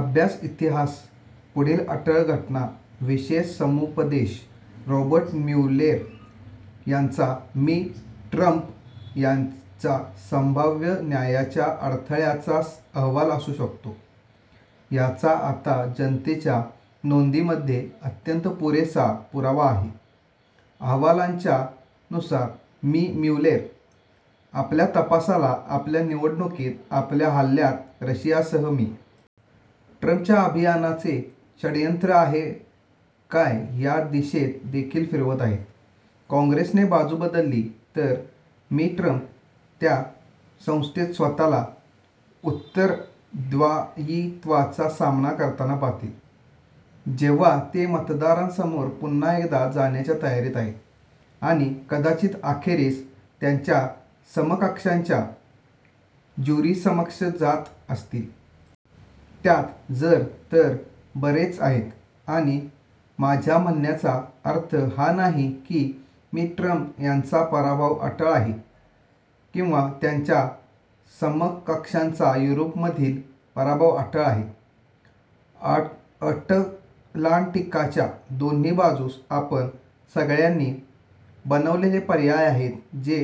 अभ्यास इतिहास पुढील अटळ घटना विशेष समुपदेशक रॉबर्ट म्युलेर यांचा मि. ट्रम्प यांचा संभाव्य न्यायाच्या अडथळ्याचा अहवाल असू शकतो, ज्याचा आता जनतेच्या नोंदीमध्ये अत्यंत पुरेसा पुरावा आहे. अहवालांच्या अनुसार, मि. म्युलेर आपल्या तपासाला, आपल्या निवडणुकीत आपल्या हल्ल्यात रशियासह मि. ट्रम्पच्या अभियानाचे षड्यंत्र आहे काय या दिशेत देखील फिरवीत आहेत. काँग्रेसने बाजू बदलली तर, मि. ट्रम्प त्या संस्थेत स्वतःला उत्तरदायित्वाचा सामना करताना पाहतील, जेव्हा ते मतदारांसमोर पुन्हा एकदा जाण्याच्या तयारीत आहेत, आणि कदाचित अखेरीस त्यांच्या समकक्षांच्या ज्युरीसमक्ष जात असतील. त्यात जर-तर बरेच आहेत, आणि माझ्या म्हणण्याचा अर्थ हा नाही की मि. ट्रम्प यांचा पराभव अटळ आहे – किंवा त्याच्या समकक्षांचा युरोपमधील पराभव अटळ आहे. अटलांटिकच्या दोन्ही बाजूस आपण सगळ्यांनी बनवलेले पर्याय आहेत जे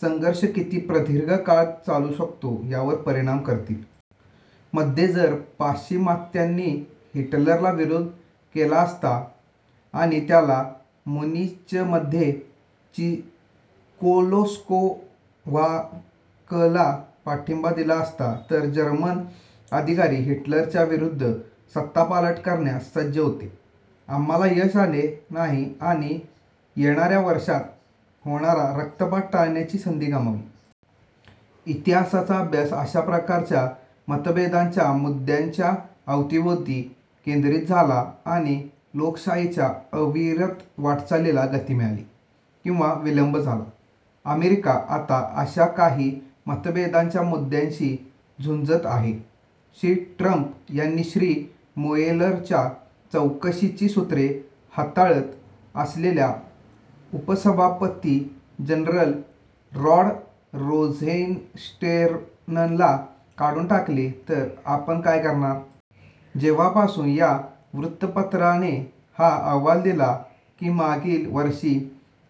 संघर्ष किती प्रदीर्घ काळ चालू शकतो त्यावर परिणाम करतील. मध्ये, जर पाश्चिमात्यांनी हिटलरला विरोध केला असता आणि त्याला मुनीचमध्ये चेकोस्लोव्हाकला पाठिंबा दिला असता तर जर्मन अधिकारी हिटलरच्या विरूद्ध सत्ता पालट करण्यास सज्ज होते. आम्हाला यश आले नाही आणि येणार्या वर्षात होणारा रक्तपात टाळण्याची संधी गमावली. इतिहासाचा अभ्यास अशा प्रकारच्या मतभेदांच्या मुद्यांच्या अवतीभवती केंद्रित झाला आणि लोकशाहीच्या अविरत वाटचालीला गती मिळाली किंवा विलंब झाला. अमेरिका आता अशा काही मतभेदाच्या मुद्द्यांशी झुंझत आहे. श्री. ट्रम्प यांनी श्री. मुएलरच्या चौकशीची सूत्रे हाताळत असलेल्या, उपसभापती जनरल रॉड रोझेस्टेनला काढून टाकले तर आपण काय करणार? जेव्हापासून या वृत्तपत्राने हा अहवाल दिला की मागील वर्षी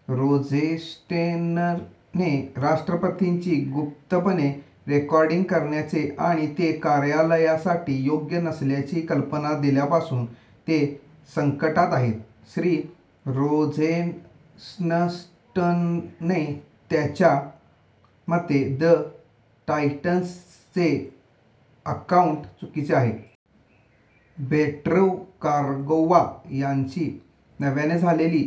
रोझेस्टेनने राष्ट्रपतींची गुप्तपणे रेकॉर्डिंग करण्याचे आणि ते कार्यालयासाठी योग्य नसल्याची कल्पना दिल्यापासून ते संकटात आहेत. श्री. रोझेन्सेटन यांच्या मते द टाईम्सचे अकाऊंट चुकीचे आहे. ब्रेट कावांगॉ यांची नव्याने झालेली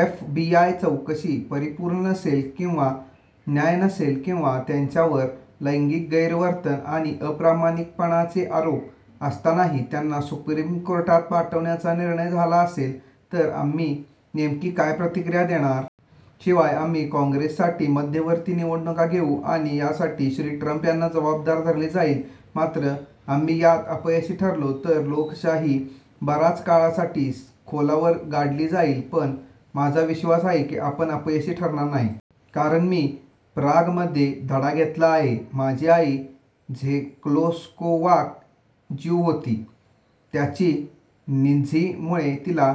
एफबीआय चौकशी परिपूर्ण नसेल किंवा न्याय्य नसेल- किंवा त्यांच्यावर लैंगिक गैरवर्तन आणि अप्रामाणिकपणाचे आरोप असतानाही त्यांना सुप्रीम कोर्टात पाठवण्याचा निर्णय झाला असेल तर आम्ही नेमकी काय प्रतिक्रिया देणार? शिवाय, आम्ही काँग्रेससाठी मध्यावर्ती निवडणुका घेऊ आणि यासाठी श्री. ट्रम्प यांना जबाबदार धरले जाईल? मात्र, आम्ही यात अपयशी ठरलो तर लोकशाही बराच काळासाठी खोलवर गाडली जाईल. पण माझा विश्वास आहे की आपण अपयशी ठरणार नाही. कारण, मी प्रागमध्ये धडा घेतला आहे. माझी आई झेकोस्लोवाक ज्यू होती. त्याच नाझींमुळे तिला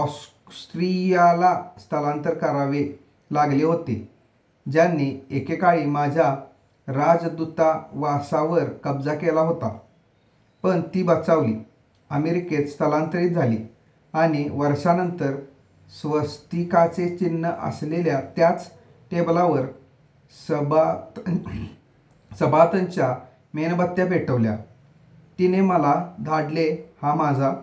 ऑश्चविट्झला स्थलांतर करावे लागले होते ज्यांनी एकेकाळी माझ्या राजदूतावासावर कब्जा केला होता. पण, ती बचावली, अमेरिकेत स्थलांतरित झाली… आणि वर्षांनंतर स्वस्तिकाचे चिन्ह असलेल्या त्याच टेबलावर सबाथच्या मेणबत्त्या पेटवायला तिने मला धाडले. हा माझा